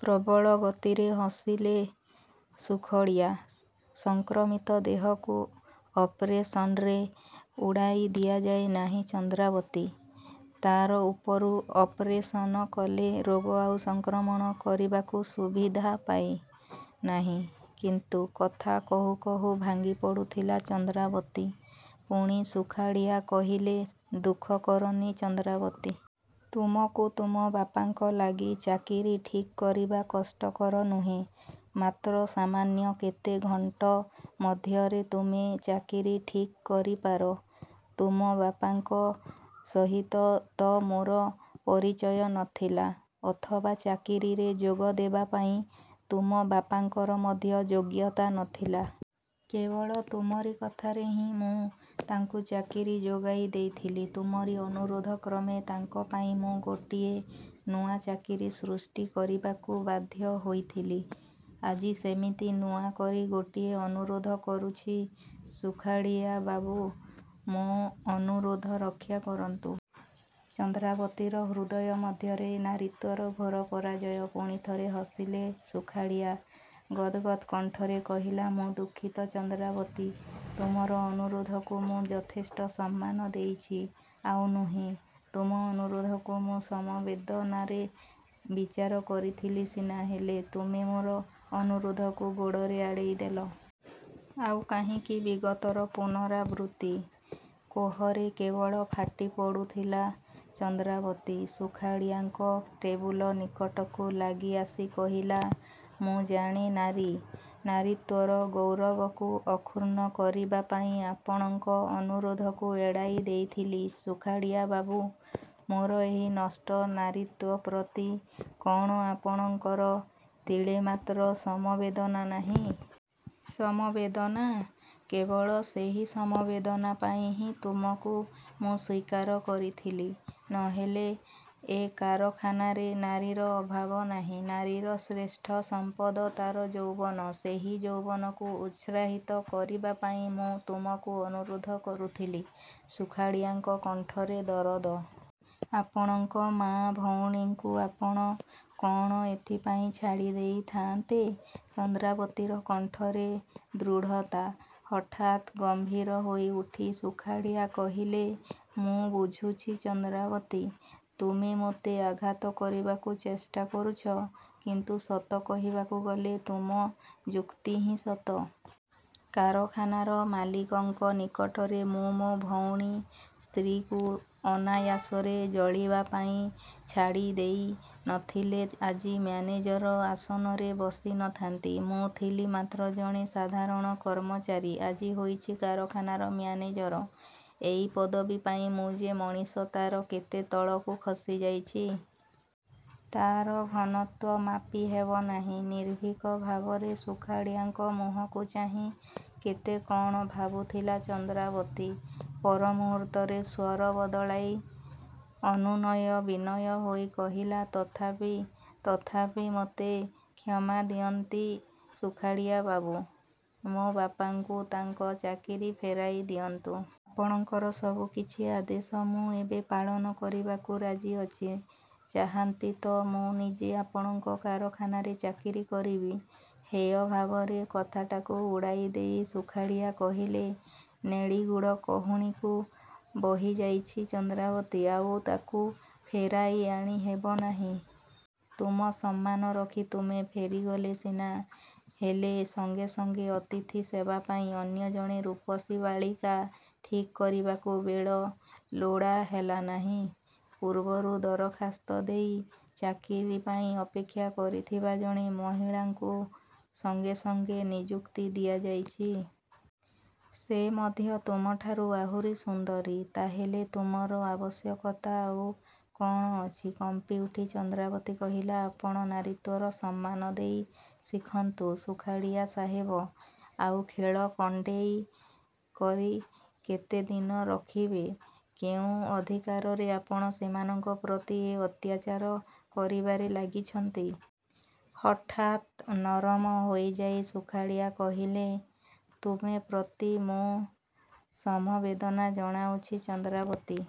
'' ପ୍ରବଳ ଗତିରେ ହସିଲେ ସୁଖଡ଼ିଆ-''ସଂକ୍ରମିତ ଦେହକୁ ଅପରେସନ୍ରେ ଉଡ଼ାଇ ଦିଆଯାଏ ନାହିଁ ଚନ୍ଦ୍ରାବତୀ। ତା'ର ଉପରୁ ଅପରେସନ କଲେ ରୋଗ ଆଉ ସଂକ୍ରମଣ କରିବାକୁ ସୁବିଧା ପାଏ। ନାହିଁ। '' 'କିନ୍ତୁ! ' କଥା କହୁ କହୁ ଭାଙ୍ଗି ପଡ଼ୁଥିଲା ଚନ୍ଦ୍ରାବତୀ। ପୁଣି ସୁଖାଡ଼ିଆ କହିଲେ-ଦୁଃଖ କରନି ଚନ୍ଦ୍ରାବତୀ। ତୁମକୁ ତୁମ ବାପାଙ୍କ ଲାଗି ଚାକିରୀ ଠିକ୍ କରିବା କଷ୍ଟକର ନୁହେଁ। ମାତ୍ର ସାମାନ୍ୟ କେତେ ଘଣ୍ଟ ମଧ୍ୟରେ ତୁମେ ଚାକିରୀ ଠିକ୍ କରିପାର। ତୁମ ବାପାଙ୍କ ସହିତ ତ ମୋର ପରିଚୟ ନ ଥିଲା-ଅଥବା ଚାକିରୀରେ ଯୋଗ ଦେବାପାଇଁ ତୁମ ବାପାଙ୍କର ମଧ୍ୟ ଯୋଗ୍ୟତା ନ ଥିଲା। କେବଳ ତୁମରି କଥାରେ ହିଁ ମୁଁ ତାଙ୍କୁ ଚାକିରୀ ଯୋଗାଇ ଦେଇଥିଲି। ତୁମରି ଅନୁରୋଧ କ୍ରମେ ତାଙ୍କପାଇଁ ମୁଁ ଗୋଟିଏ ନୂଆ ଚାକିରୀ ସୃଷ୍ଟି କରିବାକୁ ବାଧ୍ୟ୍ୟ ହୋଇଥିଲି। '' ''ଆଜି ସେମିତି ନୂଆ କରି ଗୋଟିଏ ଅନୁରୋଧ କରୁଛି ସୁଖାଡ଼ିଆ ବାବୁ! ମୋ ଅନୁରୋଧ ରକ୍ଷା କରନ୍ତୁ। '' ଚନ୍ଦ୍ରାବତୀର ହୃଦୟ ମଧ୍ୟରେ ନାରୀତ୍ୱର ଘୋର ପରାଜୟ। ପୁଣି ଥରେ ହସିଲେ ସୁଖାଡ଼ିଆ-ଗଦ୍ଗଦ୍ କଣ୍ଠରେ କହିଲା-''ମୁଁ ଦୁଃଖିତ ଚନ୍ଦ୍ରାବତୀ-। ତୁମର ଅନୁରୋଧକୁ ମୁଁ ଯଥେଷ୍ଟ ସମ୍ମାନ ଦେଇଛି। ଆଉ ନୁହେଁ। ତୁମ ଅନୁରୋଧକୁ ମୁଁ ସମବେଦନାରେ ବିଚାର କରିଥିଲି ସିନା-ହେଲେ ତୁମେ ମୋର ଅନୁରୋଧକୁ ଗୋଡ଼ରେ ଆଡ଼େଇ ଦେଲ। ଆଉ କାହିଁକି ବିଗତର ପୁନରାବୃତ୍ତି। '' କୋହରେ କେବଳ ଫାଟି ପଡ଼ୁଥିଲା ଚନ୍ଦ୍ରାବତୀ। ସୁଖାଡ଼ିଆଙ୍କ ଟେବୁଲ ନିକଟକୁ ଲାଗି ଆସି କହିଲା-''ମୁଁ ଜାଣେ ନାରୀ। ନାରୀତ୍ୱର ଗୌରବକୁ ଅକ୍ଷୁର୍ଣ୍ଣ ରଖିବା ପାଇଁ ଆପଣଙ୍କ ଅନୁରୋଧକୁ ଏଡ଼ାଇ ଦେଇଥିଲି ସୁଖାଡ଼ିଆ ବାବୁ! ମୋର ଏହି ନଷ୍ଟ ନାରୀତ୍ୱ ପ୍ରତି କ'ଣ ଆପଣଙ୍କର ତିଳେ ମାତ୍ର ସମବେଦନା ନାହିଁ? '' ''ସମବେଦନା? କେବଳ ସେହି ସମବେଦନା ପାଇଁ ହିଁ ତୁମକୁ ମୁଁ ସ୍ୱୀକାର କରିଥିଲି। ନ ହେଲେ ଏ କାରଖାନାରେ ନାରୀର ଅଭାବ ନାହିଁ। ନାରୀର ଶ୍ରେଷ୍ଠ ସମ୍ପଦ ତା'ର ଯୌବନ। ସେହି ଯୌବନକୁ ଉତ୍ସାହିତ କରିବାପାଇଁ ମୁଁ ତୁମକୁ ଅନୁରୋଧ କରୁଥିଲି। '' ସୁଖାଡ଼ିଆଙ୍କ କଣ୍ଠରେ ଦରଦ। ''ଆପଣଙ୍କ ମା.. ଭଉଣୀଙ୍କୁ ଆପଣ କ'ଣ ଏଥିପାଇଁ ଛାଡ଼ି ଦେଇ ଥାଆନ୍ତେ? '' ଚନ୍ଦ୍ରାବତୀର କଣ୍ଠରେ ଦୃଢ଼ତା। ହଠାତ୍ ଗମ୍ଭୀର ହୋଇ ଉଠି ସୁଖାଡ଼ିଆ କହିଲେ-''ମୁଁ ବୁଝୁଛି ଚନ୍ଦ୍ରାବତୀ! ତୁମେ ମୋତେ ଆଘାତ କରିବାକୁ ଚେଷ୍ଟା କରୁଛ। କିନ୍ତୁ ସତ କହିବାକୁ ଗଲେ ତୁମ ଯୁକ୍ତି ହିଁ ସତ। କାରଖାନାର ମାଲିକଙ୍କ ନିକଟରେ ମୁଁ ମୋ ଭଉଣୀ ସ୍ତ୍ରୀକୁ ଅନାୟାସରେ ଜଳିବା ପାଇଁ ଛାଡ଼ି ଦେଇ ନ ଥିଲେ ଆଜି ମ୍ୟାନେଜର ଆସନରେ ବସି ନ ଥାନ୍ତି। ମୁଁ ଥିଲି ମାତ୍ର ଜଣେ ସାଧାରଣ କର୍ମଚାରୀ। ଆଜି ହୋଇଛି କାରଖାନାର ମ୍ୟାନେଜର। ଏଇ ପଦବୀପାଇଁ ମୁଁ ଯେ ମଣିଷତାର କେତେ ତଳକୁ ଖସି ଯାଇଛି.. ତା'ର ଘନତ୍ୱ ମାପି ହେବନାହିଁ। '' ନିର୍ଭୀକ ଭାବରେ ସୁଖାଡ଼ିଆଙ୍କ ମୁହଁକୁ ଚାହିଁ କେତେ କ'ଣ ଭାବୁଥିଲା ଚନ୍ଦ୍ରାବତୀ। ପରମୁହୂର୍ତ୍ତରେ ସ୍ୱର ବଦଳାଇ ଅନୁନୟ ବିନୟ ହୋଇ କହିଲା ''ତଥାପି ତଥାପି ମୋତେ କ୍ଷମା ଦିଅନ୍ତି ସୁଖାଡ଼ିଆ ବାବୁ! ମୋ ବାପାଙ୍କୁ ତାଙ୍କ ଚାକିରୀ ଫେରାଇ ଦିଅନ୍ତୁ। ଆପଣଙ୍କର ସବୁ କିଛି ଆଦେଶ ମୁଁ ଏବେ ପାଳନ କରିବାକୁ ରାଜି ଅଛି। ଚାହାନ୍ତି ତ ମୁଁ ନିଜେ ଆପଣଙ୍କ କାରଖାନାରେ ଚାକିରୀ କରିବି। '' ହେୟ ଭାବରେ କଥାଟାକୁ ଉଡ଼ାଇ ଦେଇ ସୁଖାଡ଼ିଆ କହିଲେ-''ନେଡ଼ି ଗୁଡ଼ କହୁଣୀକୁ ବହିଯାଇଛି ଚନ୍ଦ୍ରାବତୀ। ଆଉ ତାକୁ ଫେରାଇ ଆଣି ହେବନାହିଁ। ତୁମ ସମ୍ମାନ ରଖି ତୁମେ ଫେରିଗଲେ ସିନା ହେଲେ ସଙ୍ଗେ ସଙ୍ଗେ ଅତିଥି ସେବାପାଇଁ ଅନ୍ୟ ଜଣେ ରୂପସୀ ବାଳିକା ଠିକ୍ କରିବାକୁ ବେଳ ଲୋଡ଼ା ହେଲାନାହିଁ। ପୂର୍ବରୁ ଦରଖାସ୍ତ ଦେଇ ଚାକିରୀ ପାଇଁ ଅପେକ୍ଷା କରିଥିବା ଜଣେ ମହିଳାଙ୍କୁ ସଙ୍ଗେ ସଙ୍ଗେ ନିଯୁକ୍ତି ଦିଆଯାଇଛି। ସେ ମଧ୍ୟ ତୁମ ଠାରୁ ଆହୁରି ସୁନ୍ଦରୀ। ତା' ହେଲେ ତୁମର ଆବଶ୍ୟକତା ଆଉ କ'ଣ ଅଛି? '' କମ୍ପିଉଠି ଚନ୍ଦ୍ରାବତୀ କହିଲା-''ଆପଣ ନାରୀତ୍ୱର ସମ୍ମାନ ଦେଇ ଶିଖନ୍ତୁ ସୁଖାଡ଼ିଆ ସାହେବ। ଆଉ ଖେଳ କଣ୍ଡେଇ କରି କେତେଦିନ ରଖିବେ? କେଉଁ ଅଧିକାରରେ ଆପଣ ସେମାନଙ୍କ ପ୍ରତି ଏ ଅତ୍ୟାଚାର କରିବାରେ ଲାଗିଛନ୍ତି? '' ହଠାତ୍ ନରମ ହୋଇଯାଇ ସୁଖାଡ଼ିଆ କହିଲେ-''ତୁମେ ପ୍ରତି ମୁଁ ସମବେଦନା ଜଣାଉଛି ଚନ୍ଦ୍ରାବତୀ।